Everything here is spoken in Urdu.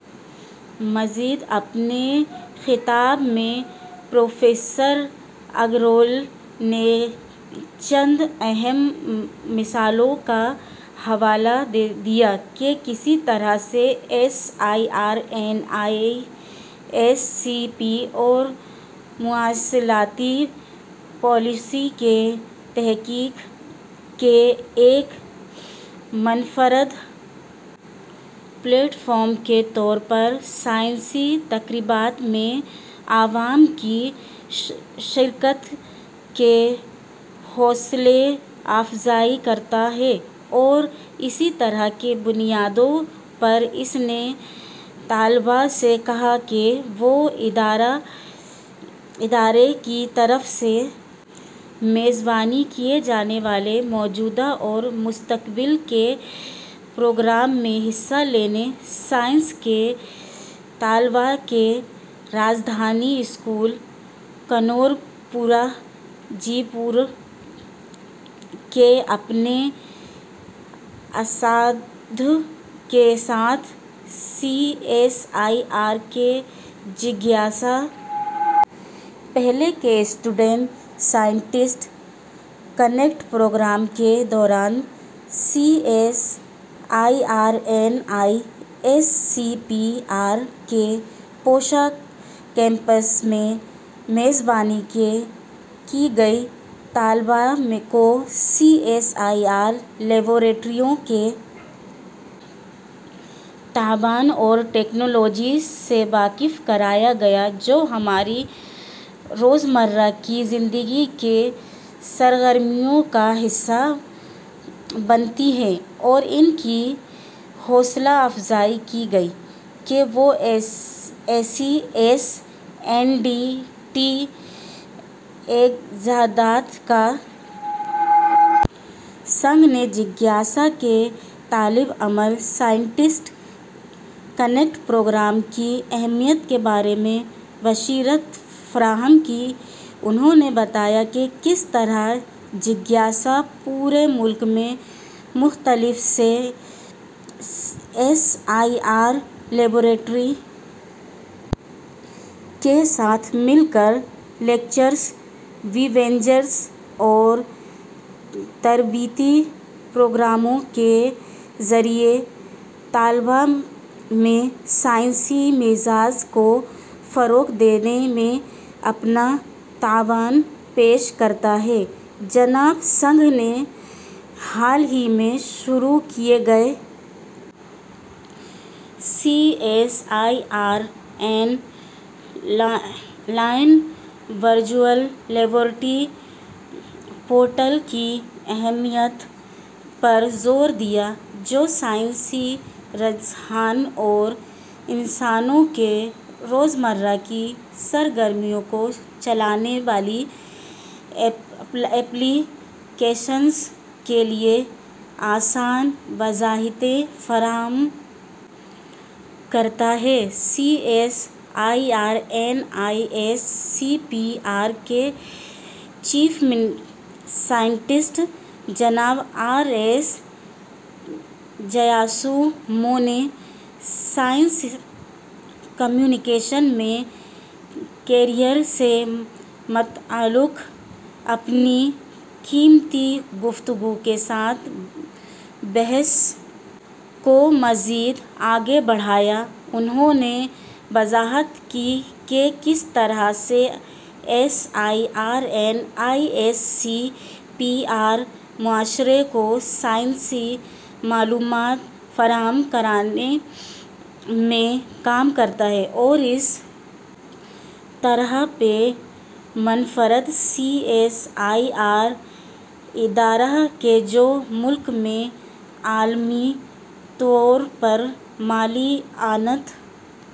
مزید اپنے خطاب میں پروفیسر اگروال نے چند اہم مثالوں کا حوالہ دیا کہ کس طرح C S I R N I S C P R مواصلاتی پالیسی کی تحقیق کے ایک منفرد پلیٹ فارم کے طور پر سائنسی تقریبات میں عوام کی شرکت کی حوصلہ افزائی کرتا ہے اور اسی طرح کی بنیادوں پر اس نے طلباء سے کہا کہ وہ ادارے کی طرف سے میزبانی کیے جانے والے موجودہ اور مستقبل کے پروگرام میں حصہ لیں سائنس کے طلباء کی راجدھانی اسکول کنور پورہ جے پور کے اپنے اساتذہ کے ساتھ سی ایس آئی آر کے جگیاسا پہل کے اسٹوڈنٹ سائنٹسٹ کنیکٹ پروگرام کے دوران C S I R N I S C P R کے پوسا کیمپس میں میزبانی کی گئی طلباء کو سی ایس آئی آر لیبارٹریوں کے حصہ بنیں جو قوم کی تعمیر میں اپنا تعاون پیش کریں C S I R N I S C P R کے جگیاسا ٹریننگ اور ایچ آر ڈویژن کے سربراہ جناب سی بی سنگھ نے جگیاسا کے طالب علم سائنٹسٹ کنیکٹ پروگرام کی اہمیت کے بارے میں بصیرت فراہم کی انہوں نے بتایا کہ کس طرح جگیاسا پورے ملک میں مختلف سی ایس آئی آر لیبارٹریوں کے ساتھ مل کر لیکچرز ویبینرز اور تربیتی پروگراموں کے ذریعے طلباء میں سائنسی مزاج کو فروغ دینے میں اپنا تعاون پیش کرتا ہے جناب سنگھ نے حال ہی میں شروع کیے گئے C S I R online virtual laboratory portal کی اہمیت پر زور دیا جو سائنسی رجحان اور انسانوں کی روزمرہ کی سرگرمیوں کو چلانے والی ایپلی کیشنز کے لیے آسان وضاحتیں فراہم کرتا ہے C S I R N I S C P R کے چیف سائنٹسٹ جناب آر ایس جیاسو مو نے سائنس کمیونیکیشن میں کیریئر سے متعلق اپنی قیمتی گفتگو کے ساتھ بحث کو مزید آگے بڑھایا انہوں نے وضاحت کی کہ کس طرح C S I R N I S C P R معاشرے کو سائنسی معلومات فراہم کرنے میں کام کرتا ہے اور اس طرح یہ ایک منفرد سی ایس آئی آر ادارہ ہے جو ملک میں عوامی طور پر مالی اعانت